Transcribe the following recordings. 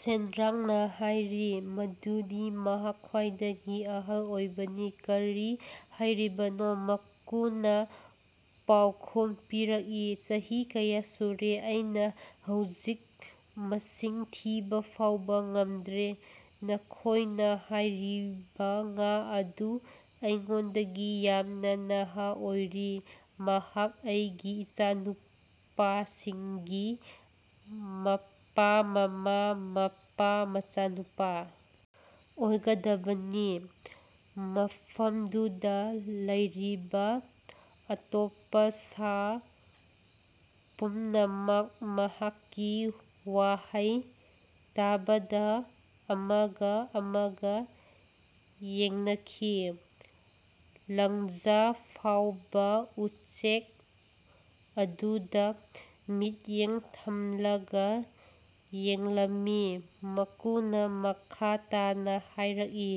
ꯁꯦꯟꯗ꯭ꯔꯥꯡꯅ ꯍꯥꯏꯔꯤ ꯃꯗꯨꯗꯤ ꯃꯍꯥꯛ ꯈ꯭ꯋꯥꯏꯗꯒꯤ ꯑꯍꯜ ꯑꯣꯏꯕꯅꯤ꯫ "ꯀꯔꯤ ꯍꯥꯏꯔꯤꯕꯅꯣ"? ꯃꯀꯨꯅ ꯄꯥꯎꯈꯨꯝ ꯄꯤꯔꯛꯏ, "ꯆꯍꯤ ꯀꯌꯥ ꯁꯨꯔꯦ, ꯑꯩꯅꯥ ꯍꯧꯖꯤꯛ ꯃꯁꯤꯡ ꯊꯤꯕ ꯐꯥꯎꯕ ꯉꯝꯗ꯭ꯔꯦ꯫" ꯅꯈꯣꯏꯅ ꯍꯥꯏꯔꯤꯕ ꯉꯥ ꯑꯗꯨ ꯑꯩꯉꯣꯟꯗꯒꯤ ꯌꯥꯝꯅ ꯅꯍꯥ ꯑꯣꯏꯔꯤ꯫ ꯃꯍꯥꯛ ꯑꯩꯒꯤ ꯏꯆꯥꯅꯨꯄꯥꯁꯤꯡꯒꯤ ꯃꯄꯥ-ꯃꯃꯥ-ꯃꯄꯥ-ꯃꯆꯥꯅꯨꯄꯥ ꯑꯣꯏꯒꯗꯕꯅꯤ꯫" ꯃꯐꯝꯗꯨꯗ ꯂꯩꯔꯤꯕ ꯑꯇꯣꯞꯄ ꯁꯥ ꯄꯨꯝꯅꯃꯛ ꯃꯍꯥꯛꯀꯤ ꯋꯥꯍꯩ ꯇꯥꯕꯗ ꯑꯃꯒ ꯑꯃꯒ ꯌꯦꯡꯅꯈꯤ꯫ ꯂꯪꯖꯥ ꯐꯥꯎꯕ ꯎꯆꯦꯛ ꯑꯗꯨꯗ ꯃꯤꯠꯌꯦꯡ ꯊꯝꯂꯒ ꯌꯦꯡꯂꯝꯃꯤ꯫ ꯃꯀꯨꯅ ꯃꯈꯥ ꯇꯥꯅ ꯍꯥꯏꯔꯛꯏ,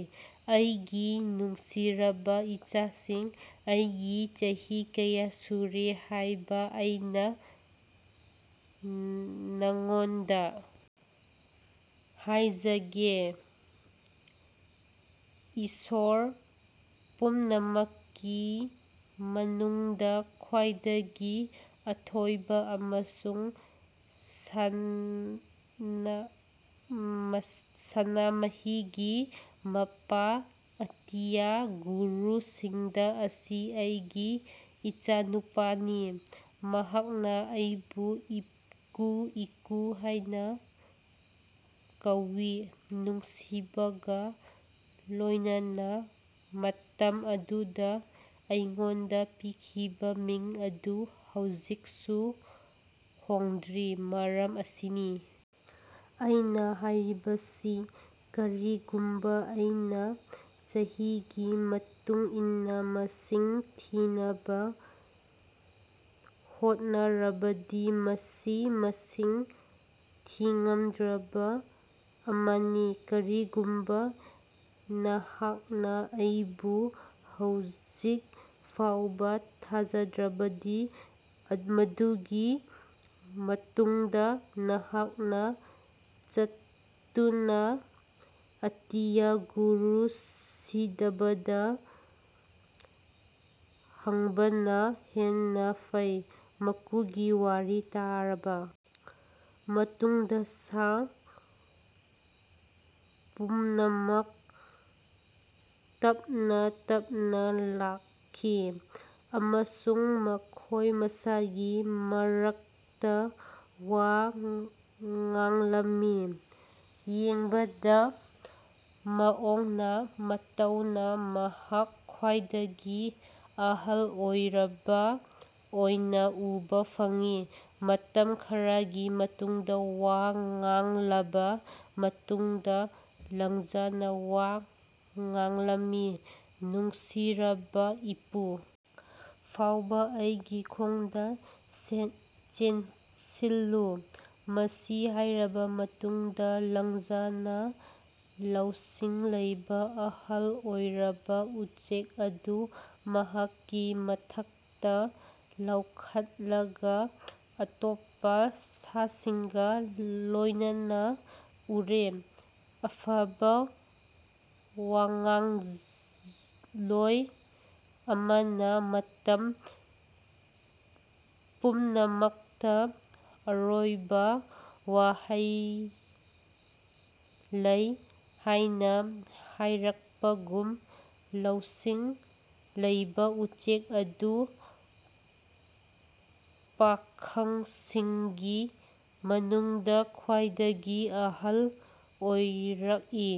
"ꯑꯩꯒꯤ ꯅꯨꯡꯁꯤꯔꯕ ꯏꯆꯥꯁꯤꯡ, ꯑꯩꯒꯤ ꯆꯍꯤ ꯀꯌꯥ ꯁꯨꯔꯦ ꯍꯥꯏꯕ ꯑꯩꯅꯥ ꯅꯉꯣꯟꯗ ꯍꯥꯏꯖꯒꯦ꯫ ꯏꯁꯣꯔ ꯄꯨꯝꯅꯃꯛꯀꯤ ꯃꯅꯨꯡꯗ ꯈ꯭ꯋꯥꯏꯗꯒꯤ ꯑꯊꯣꯏꯕ ꯑꯃꯁꯨꯡ ꯁꯅꯥꯃꯍꯤꯒꯤ ꯃꯄꯥ ꯑꯇꯤꯌꯥ ꯒꯨꯔꯨ ꯁꯤꯗꯕ ꯑꯁꯤ ꯑꯩꯒꯤ ꯏꯆꯥꯅꯨꯄꯥꯅꯤ꯫ ꯃꯍꯥꯛꯅ ꯑꯩꯕꯨ 'ꯏꯀꯨ ꯏꯀꯨ' ꯍꯥꯏꯅꯥ ꯀꯧꯏ, ꯅꯨꯡꯁꯤꯕꯒꯥ ꯂꯣꯏꯅꯅꯥ꯫ ꯃꯇꯝ ꯑꯗꯨꯗ ꯑꯩꯉꯣꯟꯗ ꯄꯤꯈꯤꯕ ꯃꯤꯡ ꯑꯗꯨ ꯍꯧꯖꯤꯛꯁꯨ ꯍꯣꯡꯗ꯭ꯔꯤ꯫ ꯃꯔꯝ ꯑꯁꯤꯅ ꯑꯩꯅ ꯍꯥꯏꯔꯤꯕꯁꯤ ꯀꯔꯤꯒꯨꯝꯕ ꯑꯩꯅ ꯆꯍꯤꯒꯤ ꯃꯇꯨꯡ ꯏꯟꯅ ꯃꯁꯤꯡ ꯊꯤꯅꯕ ꯍꯣꯠꯅꯔꯕꯗꯤ ꯃꯁꯤ ꯃꯁꯤꯡ ꯊꯤꯉꯝꯗ꯭ꯔꯕ ꯑꯃꯅꯤ꯫ ꯀꯔꯤꯒꯨꯝꯕ ꯅꯍꯥꯛꯅ ꯑꯩꯕꯨ ꯍꯧꯖꯤꯛ ꯐꯥꯎꯕ ꯊꯥꯖꯗ꯭ꯔꯕꯗꯤ ꯃꯗꯨꯒꯤ ꯃꯇꯨꯡꯗ ꯅꯍꯥꯛꯅ ꯆꯠꯇꯨꯅ ꯑꯇꯤꯌꯥ ꯒꯨꯔꯨ ꯁꯤꯗꯕꯗ ꯍꯪꯕꯅ ꯍꯦꯟꯅꯥ ꯐꯩ꯫ ꯃꯀꯨꯒꯤ ꯋꯥꯔꯤ ꯇꯥꯔꯕ ꯃꯇꯨꯡꯗ ꯁꯥ ꯄꯨꯝꯅꯃꯛ ꯇꯞꯅ ꯇꯞꯅ ꯂꯥꯛꯈꯤ ꯑꯃꯁꯨꯡ ꯃꯈꯣꯏ ꯃꯁꯥꯒꯤ ꯃꯔꯛꯇ ꯋꯥ ꯉꯥꯡꯂꯝꯃꯤ, "ꯌꯦꯡꯕꯗ ꯃꯑꯣꯡꯅ ꯃꯇꯧꯅ ꯃꯍꯥꯛ ꯈ꯭ꯋꯥꯏꯗꯒꯤ ꯑꯍꯜ ꯑꯣꯏꯔꯕ ꯑꯣꯏꯅ ꯎꯕ ꯐꯪꯏ꯫ ꯃꯇꯝ ꯈꯔꯒꯤ ꯃꯇꯨꯡꯗ ꯋꯥ ꯉꯥꯡꯂꯕ ꯃꯇꯨꯡꯗ ꯂꯪꯖꯥꯅ ꯋꯥ ꯉꯥꯡꯂꯝꯃꯤ, "ꯅꯨꯡꯁꯤꯖꯔꯕꯥ ꯏꯄꯨ ꯐꯥꯎꯕ ꯑꯩꯒꯤ ꯈꯣꯡꯗ ꯆꯦꯟꯁꯤꯜꯂꯨ꯫ ꯃꯁꯤ ꯍꯥꯏꯔꯕ ꯃꯇꯨꯡꯗ ꯂꯪꯖꯥꯅ ꯂꯧꯁꯤꯡ ꯂꯩꯕ ꯑꯍꯜ ꯑꯣꯏꯔꯕ ꯎꯆꯦꯛ ꯑꯗꯨ ꯃꯍꯥꯛꯀꯤ ꯃꯊꯛꯇ ꯂꯧꯈꯠꯂꯒꯥ ꯑꯇꯣꯞꯄ ꯁꯥꯁꯤꯡꯒ ꯂꯣꯏꯅꯅ ꯎꯔꯦ꯫ ꯑꯐꯕ ꯋꯉꯥꯡꯂꯣꯏ ꯑꯃꯅ ꯃꯇꯝ ꯄꯨꯝꯅꯃꯛꯇꯥ ꯑꯔꯣꯏꯕ ꯋꯥꯍꯩ ꯂꯩ ꯍꯥꯏꯅ ꯍꯥꯏꯔꯛꯄꯒꯨꯝ, ꯂꯧꯁꯤꯡ ꯂꯩꯕꯥ ꯎꯆꯦꯛ ꯑꯗꯨꯅ ꯄꯥꯈꯪꯁꯤꯡꯒꯤ ꯃꯅꯨꯡꯗ ꯈ꯭ꯋꯥꯏꯗꯒꯤ ꯑꯍꯜ ꯑꯣꯏꯔꯛꯏ꯫